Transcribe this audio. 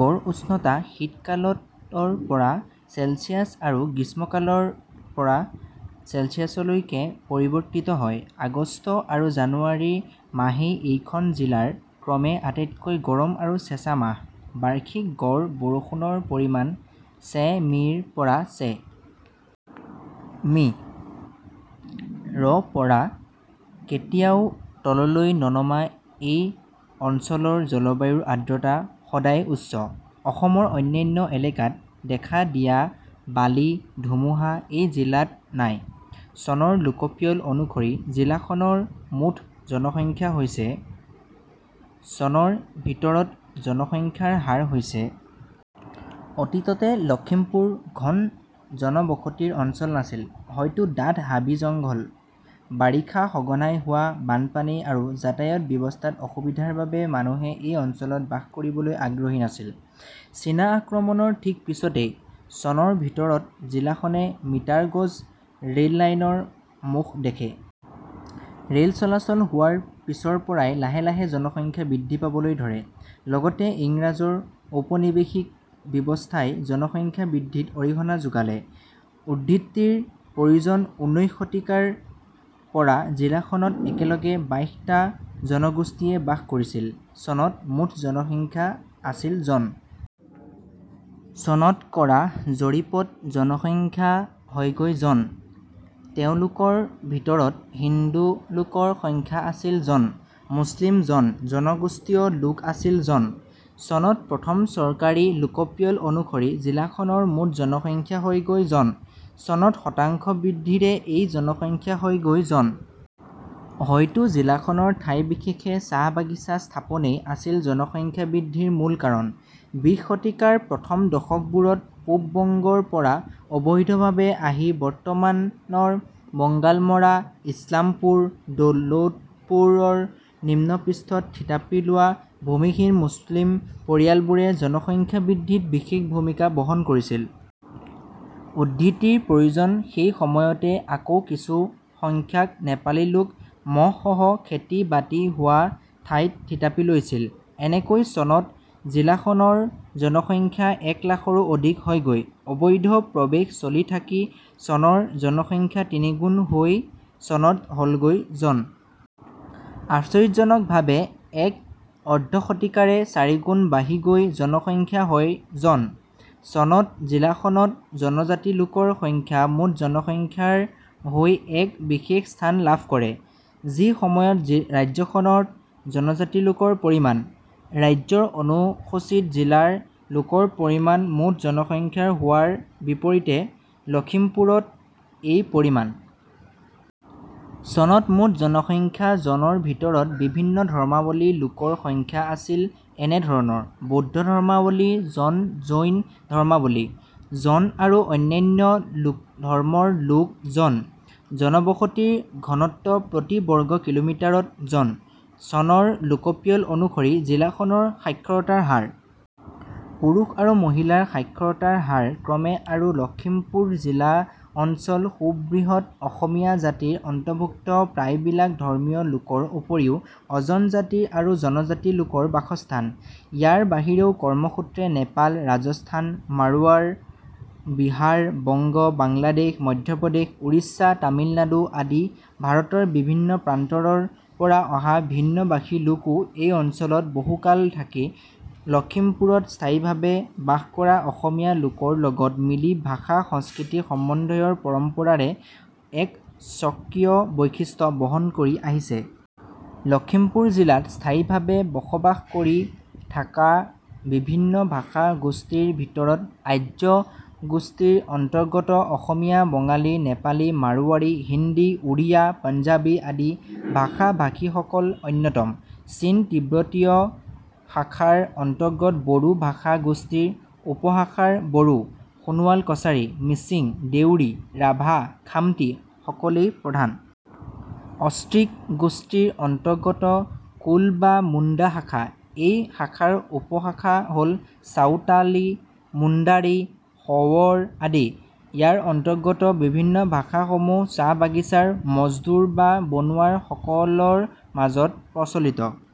গড় উষ্ণতা শীতকালত ৰ পৰা ছেলছিয়াছ আৰু গ্ৰীষ্মকালত ৰ পৰা ছেলছিয়াছলৈকে পৰিৱৰ্তিত হয়। আগষ্ট আৰু জানুৱাৰী মাহেই এইখন জিলাৰ ক্ৰমে আটাইতকৈ গৰম আৰু চেঁচা মাহ। বাৰ্ষিক গড় বৰষুণৰ পৰিমাণ ছে. মি. ৰ পৰা ছে. মি.। ৰ পৰা কেতিয়াও তললৈ ননমা এই অঞ্চলৰ জলবায়ুৰ আৰ্দ্ৰতা সদায়ে উচ্চ। অসমৰ অন্যান্য এলেকাত দেখা দিয়া বালি –ধুমুহা এই জিলাত নাই। চনৰ লোকপিয়ল অনুসৰি জিলাখনৰ মুঠ জনসংখ্যা হৈছে। চনৰ ভিতৰত জনসংখ্যাৰ হাৰ হৈছে। অতীততে লখিমপুৰ ঘন জনবসতিৰ অঞ্চল নাছিল। হয়তো ডাঠ হাবি-জংঘল, বাৰিষা সঘনাই হোৱা বানপানী আৰু যাতায়াত ব্যৱস্থাৰ অসুবিধাৰ বাবে মানুহে এই অঞ্চলত বাস কৰিবলৈ আগ্ৰহী নাছিল। চীনা আক্ৰমণৰ ঠিক পিছতে - চনৰ ভিতৰত জিলাখনে মিটাৰগজ ৰেললাইনৰ মুখ দেখে। ৰেল চলাচল হোৱাৰ পিছৰ পৰাই লাহে লাহে জনসংখ্যা বৃদ্ধি পাবলৈ ধৰে। লগতে ইংৰাজৰ ঔপনিৱেশিক ব্যৱস্থাই জনসংখ্যা বৃদ্ধিত অৰিহণা যোগালে। উদ্ধৃতিৰ প্ৰয়োজন ঊনৈশ শতিকাৰ পৰা জিলাখনত একেলগে বাইশটা জনগোষ্ঠীয়ে বাস কৰিছিল। - চনত মুঠ জনসংখ্যা আছিল জন। - চনত কৰা জৰীপত জনসংখ্যা হয়গৈ জন। তেওঁলোকৰ ভিতৰত হিন্দুলোকৰ সংখ্যা আছিল জন। মুছলিম জন, জনগোষ্ঠীয় লোক আছিল জন। চনত প্ৰথম চৰকাৰী লোকপিয়ল অনুসৰি জিলাখনৰ মুঠ জনসংখ্যা হয়গৈ জন। চনত শতাংশ বৃদ্ধিৰে এই জনসংখ্যা হয়গৈ জন। হয়তো জিলাখনৰ ঠাই বিশেষে চাহ বাগিছা স্থাপনেই আছিল জনসংখ্যা বৃদ্ধিৰ মূল কাৰণ। বিশ-শতিকাৰ প্ৰথম দশকবোৰত পূব-বঙ্গৰ পৰা অবৈধভাৱে আহি বৰ্তমানৰ বঙালমৰা, ইছলামপুৰ, দৌলতপুৰৰ নিম্নপৃষ্ঠত থিতাপি লোৱা ভূমিহীন মুছলিম পৰিয়ালবোৰে জনসংখ্যা বৃদ্ধিত বিশেষ ভূমিকা বহন কৰিছিল। উদ্ধৃতিৰ প্ৰয়োজন সেই সময়তে আকৌ কিছু সংখ্যক নেপালীলোক ম'হসহ খেতি-বাতি হোৱা ঠাইত থিতাপি লৈছিল। এনেকৈ চনত জিলাখনৰ জনসংখ্যা এক লাখৰো অধিক হয়গৈ। অবৈধ প্ৰবেশ চলি থাকি চনৰ জনসংখ্যা তিনিগুণ হৈ চনত হ'লগৈ জন। আচৰিতজনকভাৱে এক অৰ্ধশতিকাতে চাৰিগুণ বাঢ়ি গৈ জনসংখ্যা হয় জন। চনত জিলাখনত জনজাতিলোকৰ সংখ্যা মুঠ জনসংখ্যাৰ হৈ এক বিশেষ স্থান লাভ কৰে, যি সময়ত ৰাজ্যখনত জনজাতিলোকৰ পৰিমাণ। ৰাজ্যৰ অনুসূচীত জাতিৰ লোকৰ পৰিমাণ মুঠ জনসংখ্যাৰ হোৱাৰ বিপৰীতে লখিমপুৰত এই পৰিমাণ। চনত মুঠ জনসংখ্যা জনৰ ভিতৰত বিভিন্ন ধৰ্মাৱলম্বী লোকৰ সংখ্যা আছিল এনে ধৰণৰ: বৌদ্ধ ধৰ্মাৱলম্বী জন জৈন ধৰ্মাৱলম্বী - জন আৰু অন্যান্য ধৰ্মৰ লোক জন। জনবসতিৰ ঘনত্ব প্ৰতি বৰ্গ কিলোমিটাৰত জন। চনৰ লোকপিয়ল অনুসৰি জিলাখনৰ সাক্ষৰতাৰ হাৰ। পুৰুষ আৰু মহিলাৰ সাক্ষৰতাৰ হাৰ ক্ৰমে আৰু লখিমপুৰ জিলা অঞ্চল সুবৃহৎ অসমীয়া জাতিৰ অন্তৰ্ভুক্ত প্ৰায়বিলাক ধৰ্মীয়লোকৰ উপৰিও অজনজাতি আৰু জনজাতি লোকৰ বাসস্থান। ইয়াৰ বাহিৰেও কৰ্মেসূত্ৰে নেপাল, ৰাজস্থান, মৰোৱাড়, বিহাৰ, বঙ্গ, বাংলাদেশ, মধ্যপ্ৰদেশ, উৰিষ্যা, তামিলনাডু আদি ভাৰতৰ বিভিন্ন প্ৰান্তৰৰ পৰা অহা ভিন্ন ভাষীলোকো এই অঞ্চলত বহুকাল থাকি লখিমপুৰত স্থায়ীভাৱে বাসকৰা অসমীয়া লোকৰ লগত মিলি ভাষা সংস্কৃতি সমন্বয়ৰ পৰম্পৰাৰে এক স্বকীয় বৈশিষ্ট্য বহন কৰি আহিছে। লখিমপুৰ জিলাত স্থায়ীভাৱে বসবাস কৰি থকা বিভিন্ন ভাষা গোষ্ঠীৰ ভিতৰত আৰ্য গোষ্ঠীৰ অন্তৰ্গত অসমীয়া, বঙালী, নেপালী, মাৰোৱাৰী, হিন্দী, উড়িয়া, পঞ্জাবী আদি ভাষা-ভাষীসকল অন্যতম। চীন-তিব্বতীয় শাখাৰ অন্তৰ্গত বড়ো ভাষা গোষ্ঠীৰ উপশাখাৰ বড়ো, সোণোৱাল কছাৰী, মিচিং, দেউৰী, ৰাভা, খামতি সকলেই প্ৰধান। অষ্ট্ৰীক গোষ্ঠীৰ অন্তৰ্গত-কোল বা মুণ্ডা শাখা। এই শাখাৰ উপশাখা হ'ল চাওঁতালী, মুণ্ডাৰী, শৱৰ আদি। ইয়াৰ অন্তৰ্গত বিভিন্ন ভাষা সমূহ চাহ বাগিচাৰ মজদুৰ বা বনুৱা সকলৰ মাজত প্ৰচলিত।